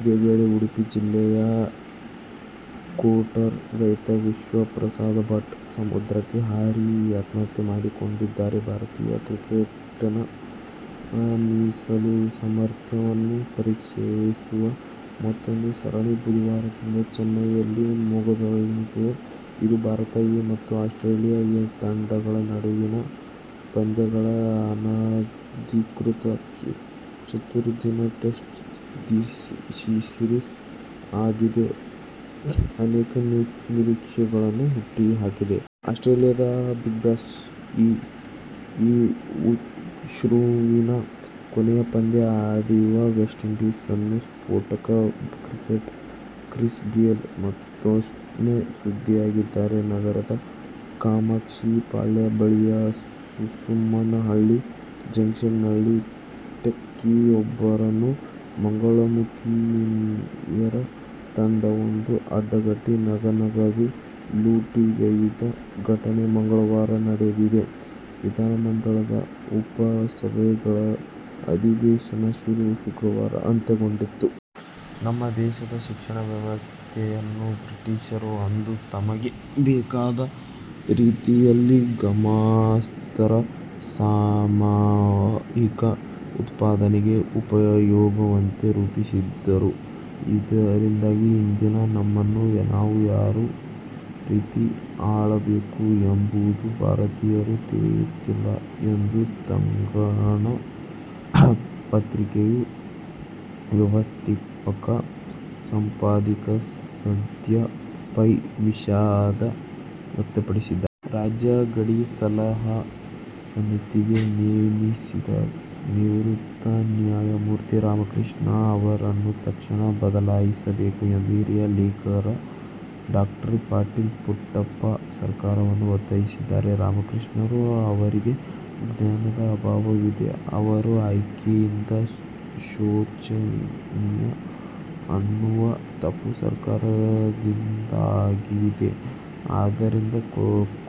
ಇದೇ ವೇಳೆ, ಉಡುಪಿ ಜಿಲ್ಲೆ ಕೋಟದ ರೈತ ವಿಷ್ಣುಪ್ರಸಾದ್ ಭಟ್ ಸಮುದ್ರಕ್ಕೆ ಹಾರಿ ಆತ್ಮಹತ್ಯೆ ಮಾಡಿಕೊಂಡಿದ್ದಾರೆ. ಭಾರತೀಯ ಕ್ರಿಕೆಟಿನ "ಮೀಸಲು ಸಾಮರ್ಥ್ಯ'ವನ್ನು ಪರೀಕ್ಷಿಸುವ ಮತ್ತೂಂದು ಸರಣಿ ಬುಧವಾರದಿಂದ ಚೆನ್ನೈಯಲ್ಲಿ ಮೊದಲ್ಗೊಳ್ಳಲಿದೆ. ಇದು ಭಾರತ "ಎ' ಮತ್ತು ಆಸ್ಟ್ರೇಲಿಯ "ಎ' ತಂಡಗಳ ನಡುವಿನ ಪಂದ್ಯಗಳ ಅನಧಿಕೃತ ಚತುರ್ದಿನ ಟೆಸ್ಟ್ ಸೀರೀಸ್ ಆಗಿದ್ದು, ಅನೇಕ ನಿರೀಕ್ಷೆಗಳನ್ನು ಹುಟ್ಟುಹಾಕಿದೆ. ಆಸ್ಟ್ರೇಲಿಯಾದ ಬಿಗ್ಬಾಷ್ನಲ್ಲಿ ಈ ಋತುವಿನ ಕೊನೆಯ ಪಂದ್ಯ ಆಡಿರುವ ವೆಸ್ಟ್ ಇಂಡೀಸ್ನ ಸ್ಫೋಟಕ ಕ್ರಿಕೆಟಿಗ ಕ್ರಿಸ್ಗೇಲ್ ಮತ್ತೂಮ್ಮೆ ಸುದ್ದಿಯಾಗಿದ್ದಾರೆ. ನಗರದ ಕಾಮಾಕ್ಷಿ ಪಾಳ್ಯ ಬಳಿಯ ಸುಮನಹಳ್ಳಿ ಜಂಕ್ಷನ್ನಲ್ಲಿ ಟೆಕ್ಕಿಯೊಬ್ಬರನ್ನು ಮಂಗಳಮುಖಿಯರ ತಂಡವೊಂದು ಅಡ್ಡಗಟ್ಟಿ ನಗ-ನಗದು ಲೂಟಿಗೈದ ಘಟನೆ ಮಂಗಳವಾರ ನಡೆದಿದೆ. ವಿಧಾನಮಂಡಲದ ಉಭಯಸದನಗಳ ಅಧಿವೇಶನ ಶುಕ್ರವಾರ ಅಂತ್ಯಗೊಂಡಿತು. ನಮ್ಮ ದೇಶದ ಶಿಕ್ಷಣ ವ್ಯವಸ್ಥೆಯನ್ನು ಬ್ರಿಟಿಷರು ಅಂದು ತಮಗೆ ಬೇಕಾದ ರೀತಿಯಲ್ಲಿ, ಗುಮಾಸ್ತರ ಸಾಮೂಹಿಕ ಉತ್ಪಾದನೆಗೆ ಪೂರಕವಾಗುವಂತೆ ರೂಪಿಸಿದ್ದರು. ಇದರಿಂದಾಗಿ ಇಂದಿಗೂ ನಮ್ಮನ್ನು ನಾವು ಯಾವ ರೀತಿ ಆಳಬೇಕು ಎಂಬುದು ಭಾರತೀಯರಿಗೆ ತಿಳಿಯುತ್ತಿಲ್ಲ ಎಂದು ತರಂಗ ಪತ್ರಿಕೆಯ ವ್ಯವಸ್ಥಾಪಕ ಸಂಪಾದಕಿ ಸಂಧ್ಯಾ ಪೈ ವಿಷಾದ ವ್ಯಕ್ತಪಡಿಸಿದ್ದಾರೆ. ರಾಜ್ಯ ಗಡಿ ಸಲಹಾ ಸಮಿತಿಗೆ ನೇಮಿಸಿದ ನಿವೃತ್ತ ನ್ಯಾಯಮೂರ್ತಿ ರಾಮಕೃಷ್ಣ ಅವರನ್ನು ತಕ್ಷಣ ಬದಲಾಯಿಸಬೇಕು ಎಂದು ಹಿರಿಯ ಲೇಖಕ ಡಾ ಪಾಟೀಲ ಪುಟ್ಟಪ್ಪ ಸರ್ಕಾರವನ್ನು ಒತ್ತಾಯಿಸಿದ್ದಾರೆ. ರಾಮಕೃಷ್ಣ ಅವರಿಗೆ ಜ್ಞಾನದ ಅಭಾವವಿದೆ. ಅವರ ಆಯ್ಕೆಯಿಂದ ಶೋಚನೀಯ ಎನ್ನುವ ತಪ್ಪು ಸರ್ಕಾರದಿಂದಾಗಿದೆ. ಆದ್ದರಿಂದ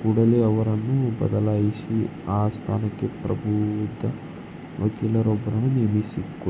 ಕೂಡಲೇ ಅವರನ್ನು ಬದಲಾಯಿಸಿ, ಆ ಸ್ಥಾನಕ್ಕೆ ಪ್ರಬುದ್ಧ ವಕೀಲರೊಬ್ಬರನ್ನು ನೇಮಿಸಬೇಕು.